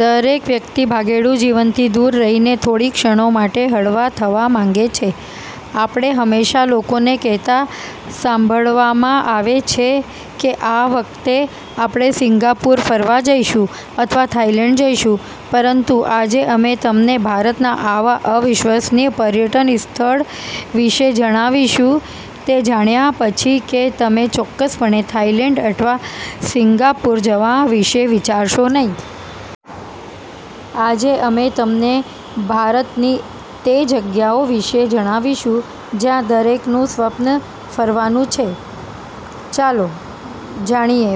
દરેક વ્યક્તિ ભાગેડુ જીવનથી દૂર રહીને થોડી ક્ષણો માટે હળવા થવા માંગે છે. આપણે હંમેશાં લોકોને કહેતા સાંભળવામાં આવે છે કે, આ વખતે આપણે સિંગાપોર ફરવા જઈશું, અથવા થાઇલેન્ડ જઈશું. પરંતુ, આજે અમે તમને ભારતના આવા અવિશ્વસનીય પર્યટન સ્થળ વિશે જણાવીશું, તે જાણ્યા પછી કે, તમે ચોક્કસપણે થાઇલેન્ડ અથવા સિંગાપોર જવા વિશે વિચારશો નહીં. આજે અમે તમને ભારતની તે જગ્યાઓ વિશે જણાવીશું જ્યાં દરેકનું સ્વપ્ન ફરવાનું છે. ચાલો જાણીએ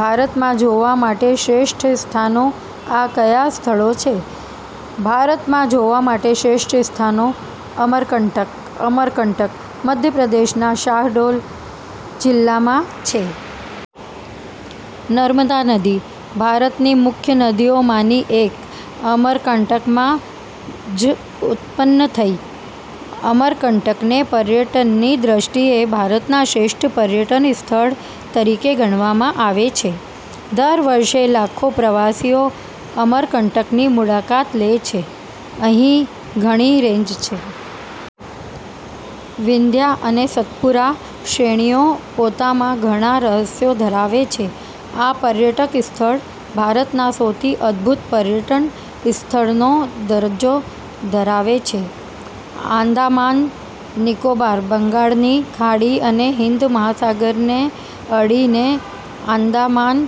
ભારતમાં જોવા માટેના શ્રેષ્ઠ સ્થાનો – આ કયા સ્થળો છે. ભારતમાં જોવા માટે શ્રેષ્ઠ સ્થાનો:. અમરકંટક: અમરકંટક મધ્યપ્રદેશના શાહડોલ જિલ્લામાં છે. નર્મદા નદી, ભારતની મુખ્ય નદીઓમાંની એક, અમરકાંટકમાં જ ઉત્પન્ન થઈ. અમરકંટકને પર્યટનની દ્રષ્ટિએ ભારતના શ્રેષ્ઠ પર્યટન સ્થળ તરીકે ગણવામાં આવે છે. દર વર્ષે લાખો પ્રવાસીઓ અમરકંટકની મુલાકાત લે છે. અહીં ઘણી રેન્જ છે. વિંધ્યા અને સત્પુરા શ્રેણીઓ પોતામાં ઘણા રહસ્યો ધરાવે છે. આ પર્યટક સ્થળ ભારતના સૌથી અદભૂત પર્યટન સ્થળનો દરજ્જો ધરાવે છે.. આંદામાન-નિકોબાર: બંગાળની ખાડી અને હિંદ મહાસાગરને અડીને આંદામાન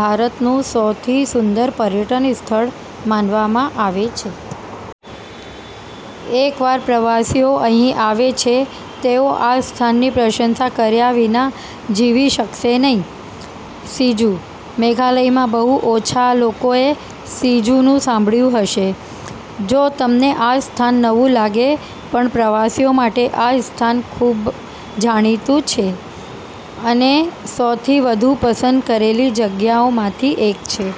ભારતનું સૌથી સુંદર પર્યટન સ્થળ માનવામાં આવે છે. એકવાર પ્રવાસીઓ અહીં આવે છે, તેઓ આ સ્થાનની પ્રશંસા કર્યા વિના જીવી શકશે નહીં.. સિજુ: મેઘાલયમાં બહુ ઓછા લોકોએ સિજુનું સાંભળ્યું હશે. જો તમને આ સ્થાન નવું લાગે, પણ પ્રવાસીઓ માટે, આ સ્થાન ખૂબ જાણીતું છે અને સૌથી વધુ પસંદ કરેલી જગ્યાઓમાંથી એક છે.